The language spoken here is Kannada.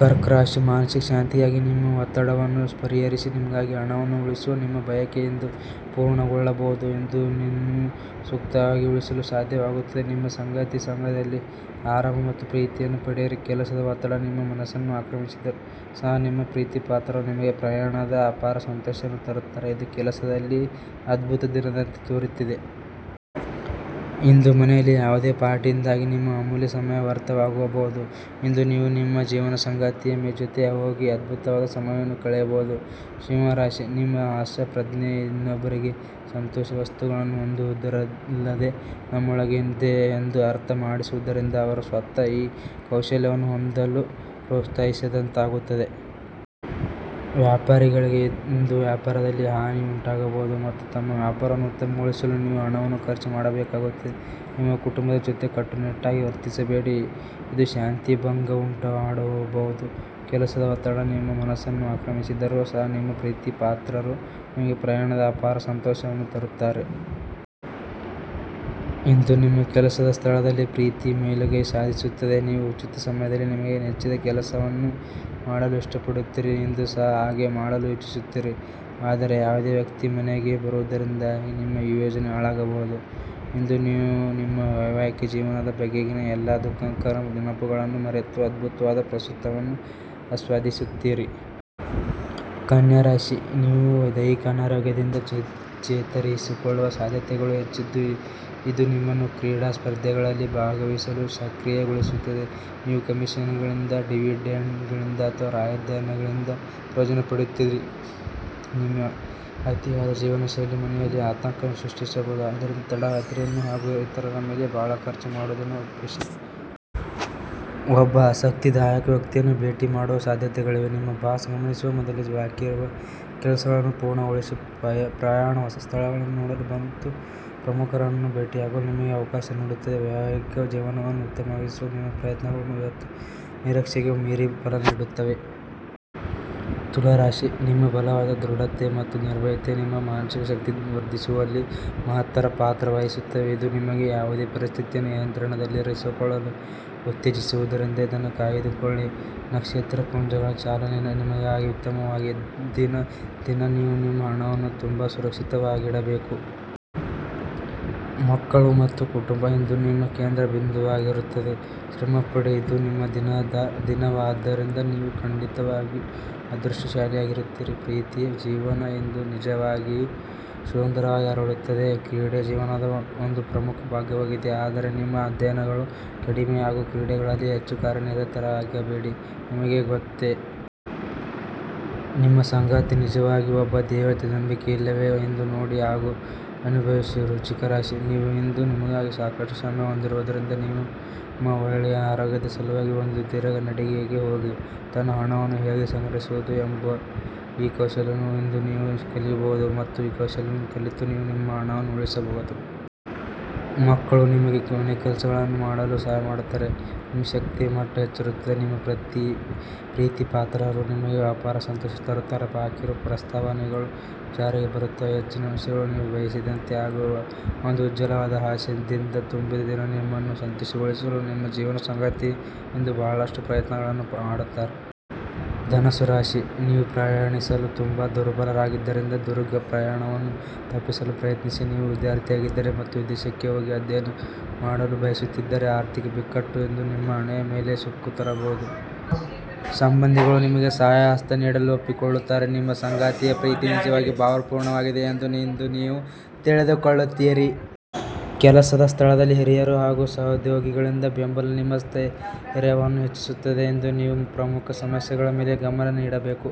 ಕರ್ಕ ರಾಶಿ: ಮಾನಸಿಕ ಶಾಂತಿಗಾಗಿ ನಿಮ್ಮ ಒ'ತ್ತಡವನ್ನು ಪರಿಹರಿಸಿ. ನಿಮಗಾಗಿ ಹಣವನ್ನು ಉಳಿಸುವ ನಿಮ್ಮ ಬಯಕೆ ಇಂದು ಪೂರ್ಣಗೊಳ್ಳಬಹುದು. ಇಂದು ನೀವು ಸೂಕ್ತವಾಗಿ ಉಳಿಸಲು ಸಾಧ್ಯವಾಗುತ್ತದೆ. ನಿಮ್ಮ ಸಂಗಾತಿಯ ಸಂಗದಲ್ಲಿ- ಆರಾಮ ಮತ್ತು ಪ್ರೀತಿಯನ್ನು ಪಡೆಯಿರಿ. ಕೆಲಸದ ಒತ್ತಡ ನಿಮ್ಮ ಮನಸ್ಸನ್ನು ಆಕ್ರಮಿಸಿದ್ದರೂ ಸಹ ನಿಮ್ಮ ಪ್ರೀತಿಪಾತ್ರರು ನಿಮಗೆ ಪ್ರಣಯದ ಅಪಾರ ಸಂತೋಷವನ್ನು ತರುತ್ತಾರೆ ಇದು ಕೆಲಸದಲ್ಲಿ ಅದ್ಭುತ ದಿನದಂತೆ ತೋರುತ್ತಿದೆ. ಇಂದು ಮನೆಯಲ್ಲಿ ಯಾವುದೇ ಪಾರ್ಟಿಯಿಂದಾಗಿ, ನಿಮ್ಮ ಅಮೂಲ್ಯ ಸಮಯ ವ್ಯರ್ಥವಾಗಬಹುದು. ಇಂದು, ನೀವು ನಿಮ್ಮ ಜೀವನ ಸಂಗಾತಿಯ ಜೊತೆ ಹೋಗಿ ಅದ್ಭುತವಾದ ಸಮಯವನ್ನು ಕಳೆಯಬಹುದು. ಸಿಂಹ ರಾಶಿ: ನಿಮ್ಮ ಹಾಸ್ಯಪ್ರಜ್ಞೆ ಇನ್ನೊಬ್ಬರಿಗೆ ಸಂತೋಷ ವಸ್ತುಗಳನ್ನು ಹೊಂದುವುದರಲ್ಲದೇ ನಮ್ಮೊಳಗೇ ಇದೆಯೆಂದು ಅರ್ಥ ಮಾಡಿಸುವುದರಿಂದ ಅವರು ಸ್ವತಃ ಈ ಕೌಶಲ್ಯವನ್ನು ಹೊಂದಲು ಪ್ರೋತ್ಸಾಹಿಸಿದಂತಾಗುತ್ತದೆ. ವ್ಯಾಪಾರಿಗಳಿಗೆ ಇಂದು ವ್ಯಾಪಾರದಲ್ಲಿ ಹಾ'ನಿ ಉಂಟಾಗಬಹುದು. ಮತ್ತು ತಮ್ಮ ವ್ಯಾಪಾರವನ್ನು ಉತ್ತಮಗೊಳಿಸಲು ನೀವು ಹಣವನ್ನು ಖರ್ಚು ಮಾಡಬೇಕಾಗುತ್ತದೆ. ನಿಮ್ಮ ಕುಟುಂಬದ ಜೊತೆ ಕಟ್ಟುನಿಟ್ಟಾಗಿ ವರ್ತಿಸಬೇಡಿ ಇದು ಶಾಂತಿ ಭಂ'ಗವುಂಟುಮಾಡಬಹುದು. ಕೆಲಸದ ಒತ್ತಡ ನಿಮ್ಮ ಮನಸ್ಸನ್ನು ಆಕ್ರಮಿಸಿದ್ದರೂ ಸಹ ನಿಮ್ಮ ಪ್ರೀತಿಪಾತ್ರರು ನಿಮಗೆ ಪ್ರಣಯದ ಅಪಾರ ಸಂತೋಷವನ್ನು ತರುತ್ತಾರೆ. ಇಂದು ನಿಮ್ಮ ಕೆಲಸದ ಸ್ಥಳದಲ್ಲಿ ಪ್ರೀತಿ ಮೇಲುಗೈ ಸಾಧಿಸುತ್ತದೆ. ನೀವು ಉಚಿತ ಸಮಯದಲ್ಲಿ ನಿಮಗೆ ನೆಚ್ಚಿದ ಕೆಲಸವನ್ನು ಮಾಡಲು ಇಷ್ಟಪಡುತ್ತೀರಿ. ಇಂದೂ ಸಹ ಹಾಗೆಯೆ ಮಾಡಲು ಯೋಚಿಸುತ್ತೀರಿ. ಆದರೆ ಯಾವುದೇ ವ್ಯಕ್ತಿ ಮನೆಗೆ ಬರುವುದರಿಂದಾಗಿ ನಿಮ್ಮ ಈ ಯೋಜನೆ ಹಾಳಾಗಬಹುದು. ಇಂದು, ನೀವು ನಿಮ್ಮ ವೈವಾಹಿಕ ಜೀವನದ ಬಗೆಗಿನ ಎಲ್ಲಾ ದುಃ'ಖಕರ ನೆನಪುಗಳನ್ನು ಮರೆತು ಅದ್ಭುತವಾದ ಪ್ರಸ್ತುತವನ್ನು ಆಸ್ವಾದಿಸುತ್ತೀರಿ. ಕನ್ಯಾ ರಾಶಿ: ನೀವು ದೈಹಿಕ ಅನಾರೋಗ್ಯದಿಂದ ಚೇತರಿಸಿಕೊಳ್ಳುವ ಸಾಧ್ಯತೆಗಳು ಹೆಚ್ಚಿದ್ದು ಇದು ನಿಮ್ಮನ್ನು ಕ್ರೀಡಾ ಸ್ಪರ್ಧೆಗಳಲ್ಲಿ ಭಾಗವಹಿಸಲು ಸಕ್ರಿಯಗೊಳಿಸುತ್ತದೆ. ನೀವು ಕಮಿಷನ್ಗಳಿಂದ – ಡಿವಿಡೆಂಡ್ಗಳಿಂದ- ಅಥವಾ ರಾಯಧನಗಳಿಂದ ಪ್ರಯೋಜನ ಪಡೆಯುತ್ತೀರಿ. ನಿಮ್ಮ ಅತಿಯಾದ ಜೀವನಶೈಲಿ ಮನೆಯಲ್ಲಿ ಆತಂಕ ಸೃಷ್ಟಿಸಬಹುದು ಆದ್ದರಿಂದ ತಡರಾತ್ರಿಯನ್ನು ಹಾಗೂ ಇತರರ ಮೇಲೆ ಬಹಳ ಖರ್ಚು ಮಾಡುವುದನ್ನು ತಪ್ಪಿಸಿ. ಒಬ್ಬ ಆಸಕ್ತಿದಾಯಕ ವ್ಯಕ್ತಿಯನ್ನು ಭೇಟಿ ಮಾಡುವ ಸಾಧ್ಯತೆಗಳಿವೆ. ನಿಮ್ಮ ಬಾಸ್ ಗಮನಿಸುವ ಮೊದಲೇ ಬಾಕಿಯಿರುವ ಕೆಲಸಗಳನ್ನು ಪೂರ್ಣಗೊಳಿಸಿ. ಪ್ರಯಾಣ ಹೊಸ ಸ್ಥಳಗಳನ್ನು ನೋಡಲು ಮತ್ತು ಪ್ರಮುಖರನ್ನು ಭೇಟಿಯಾಗಲು ನಿಮಗೆ ಅವಕಾಶ ನೀಡುತ್ತದೆ. ವೈವಾಹಿಕ ಜೀವನವನ್ನು ಉತ್ತಮವಾಗಿಸುವ ನಿಮ್ಮ ಪ್ರಯತ್ನಗಳು ಇವತ್ತು ನಿರೀಕ್ಷೆಗೂ ಮೀರಿ ಫಲ ನೀಡುತ್ತವೆ. ತುಲಾ ರಾಶಿ: ನಿಮ್ಮ ಬಲವಾದ ಧೃಢತೆ ಮತ್ತು ನಿರ್ಭಯತೆ ನಿಮ್ಮ ಮಾನಸಿಕ ಶಕ್ತಿ ವರ್ಧಿಸುವಲ್ಲಿ ಮಹತ್ತರ ಪಾತ್ರ ವಹಿಸುತ್ತವೆ. ಇದು ನಿಮಗೆ ಯಾವುದೇ ಪರಿಸ್ಥಿತಿಯನ್ನು ನಿಯಂತ್ರಣದಲ್ಲಿರಿಸಿಕೊಳ್ಳಲು ಉ'ತ್ತೇಜಿಸುವುದರಿಂದ ಇದನ್ನು ಕಾಯ್ದುಕೊಳ್ಳಿ. ನಕ್ಷತ್ರಪುಂಜಗಳ ಚಾಲನೆ ನಿಮಗಾಗಿ ಉತ್ತಮವಾಗಿಲ್ಲ. ಇಂದಿನ ದಿನ ನೀವು ನಿಮ್ಮ ಹಣವನ್ನು ತುಂಬಾ ಸುರಕ್ಷಿತವಾಗಿಡಬೇಕು. ಮಕ್ಕಳು ಮತ್ತು ಕುಟುಂಬ ಇಂದು ನಿಮ್ಮ ಕೇಂದ್ರಬಿಂದುವಾಗಿರುತ್ತದೆ. ಶ್ರಮಪಡಿ, ಇದು ನಿಮ್ಮ ದಿನವಾದ್ದರಿಂದ ನೀವು ಖಂಡಿತವಾಗಿಯೂ ಅದೃಷ್ಟಶಾಲಿಯಾಗಿರುತ್ತೀರಿ. ಪ್ರೀತಿಯ ಜೀವನ ಇಂದು ನಿಜವಾಗಿಯೂ ಸುಂದರವಾಗಿ ಅರಳುತ್ತದೆ. ಕ್ರೀಡೆ ಜೀವನದ ಒಂದು ಪ್ರಮುಖ ಭಾಗವಾಗಿದೆ ಆದರೆ ನಿಮ್ಮ ಅಧ್ಯಯನಗಳು ಕಡಿಮೆಯಾಗುವ ಕ್ರೀಡೆಗಳಲ್ಲಿ ಹೆಚ್ಚು ಕಾರ್ಯನಿರತರಾಗಬೇಡಿ. ನಿಮಗೆ ಗೊತ್ತೇ. ನಿಮ್ಮ ಸಂಗಾತಿ ನಿಜವಾಗಿಯೂ ಒಬ್ಬ ದೇವತೆ. ನಂಬಿಕೆಯಿಲ್ಲವೇ. ಇಂದು ನೋಡಿ ಹಾಗೂ ಅನುಭವಿಸಿ. ವೃಶ್ಚಿಕ ರಾಶಿ: ನೀವು ಇಂದು ನಿಮಗಾಗಿ ಸಾಕಷ್ಟು ಸಮಯ ಹೊಂದಿರುವುದರಿಂದ ನಿಮ್ಮ ಒಳ್ಳೆಯ ಆರೋಗ್ಯದ ಸಲುವಾಗಿ ಒಂದು ಧೀರ್ಘ ನಡಿಗೆಗೆ ಹೋಗಿ. ತನ್ನ ಹಣವನ್ನು ಹೇಗೆ ಸಂಗ್ರಹಿಸುವುದು ಎಂಬ ಈ ಕೌಶಲ್ಯವನ್ನು ಇಂದು ನೀವು ಕಲಿಯಬಹುದು ಮತ್ತು ಈ ಕೌಶಲ್ಯವನ್ನು ಕಲಿತು ನೀವು ನಿಮ್ಮ ಹಣವನ್ನು ಉಳಿಸಬಹುದು. ಮಕ್ಕಳು ನಿಮಗೆ ಮನೆಕೆಲಸಗಳನ್ನು ಮಾಡಲು ಸಹಾಯ ಮಾಡುತ್ತಾರೆ. ನಿಮ್ಮ ಶಕ್ತಿಯ ಮಟ್ಟ ಹೆಚ್ಚಿರುತ್ತದೆ – ನಿಮ್ಮ ಪ್ರೀತಿಪಾತ್ರರು ನಿಮಗೆ ಅಪಾರ ಸಂತೋಷ ತರುತ್ತಾರೆ. ಬಾಕಿಯಿರುವ ಪ್ರಸ್ತಾವನೆಗಳು ಜಾರಿಗೆ ಬರುತ್ತವೆ. ಹೆಚ್ಚಿನ ವಿಷಯಗಳು ನೀವು ಬಯಸಿದಂತೆ ಅಗುವ ಒಂದು ಉಜ್ವಲವಾದ ಹಾಸ್ಯದಿಂದ ತುಂಬಿದ ದಿನ. ನಿಮ್ಮನ್ನು ಸಂತೋಷಗೊಳಿಸಲು ನಿಮ್ಮ ಜೀವನ ಸಂಗಾತಿ ಇಂದು ಬಹಳಷ್ಟು ಪ್ರಯತ್ನಗಳನ್ನು ಮಾಡುತ್ತಾರೆ. ಧನಸ್ಸು ರಾಶಿ: ನೀವು ಪ್ರಯಾಣಿಸಲು ತುಂಬಾ ದುರ್ಬಲರಾಗಿದ್ದರಿಂದ ದೀರ್ಘ ಪ್ರಯಾಣವನ್ನು ತಪ್ಪಿಸಲು ಪ್ರಯತ್ನಿಸಿ. ನೀವು ವಿಧ್ಯಾರ್ಥಿಯಾಗಿದ್ದರೆ ಮತ್ತು ವಿದೇಶಕ್ಕೆ ಹೋಗಿ ಅಧ್ಯಯನ ಮಾಡಲು ಬಯಸುತ್ತಿದ್ದರೆ ಆರ್ಥಿಕ ಬಿಕ್ಕಟ್ಟು. ಇಂದು ನಿಮ್ಮ ಹಣೆಯ ಮೇಲೆ ಸುಕ್ಕು ತರಬಹುದು. ಸಂಬಂಧಿಗಳು ನಿಮಗೆ ಸಹಾಯ ಹಸ್ತ ನೀಡಲು ಒಪ್ಪಿಕೊಳ್ಳುತ್ತಾರೆ. ನಿಮ್ಮ ಸಂಗಾತಿಯ ಪ್ರೀತಿ ನಿಜವಾಗಿಯೂ ಭಾವಪೂರ್ಣವಾಗಿದೆ ಎಂದು ಇಂದು ನೀವು ತಿಳಿದುಕೊಳ್ಳುತ್ತೀರಿ. ಕೆಲಸದ ಸ್ಥಳದಲ್ಲಿ ಹಿರಿಯರು ಹಾಗೂ ಸಹೋದ್ಯೋಗಿಗಳಿಂದ ಬೆಂಬಲ ನಿಮ್ಮ ಸ್ಥೈರ್ಯವನ್ನು ಹೆಚ್ಚಿಸುತ್ತದೆ. ಇಂದು ನೀವು ಪ್ರಮುಖ ಸಮಸ್ಯೆಗಳ ಮೇಲೆ ಗಮನ ನೀಡಬೇಕು.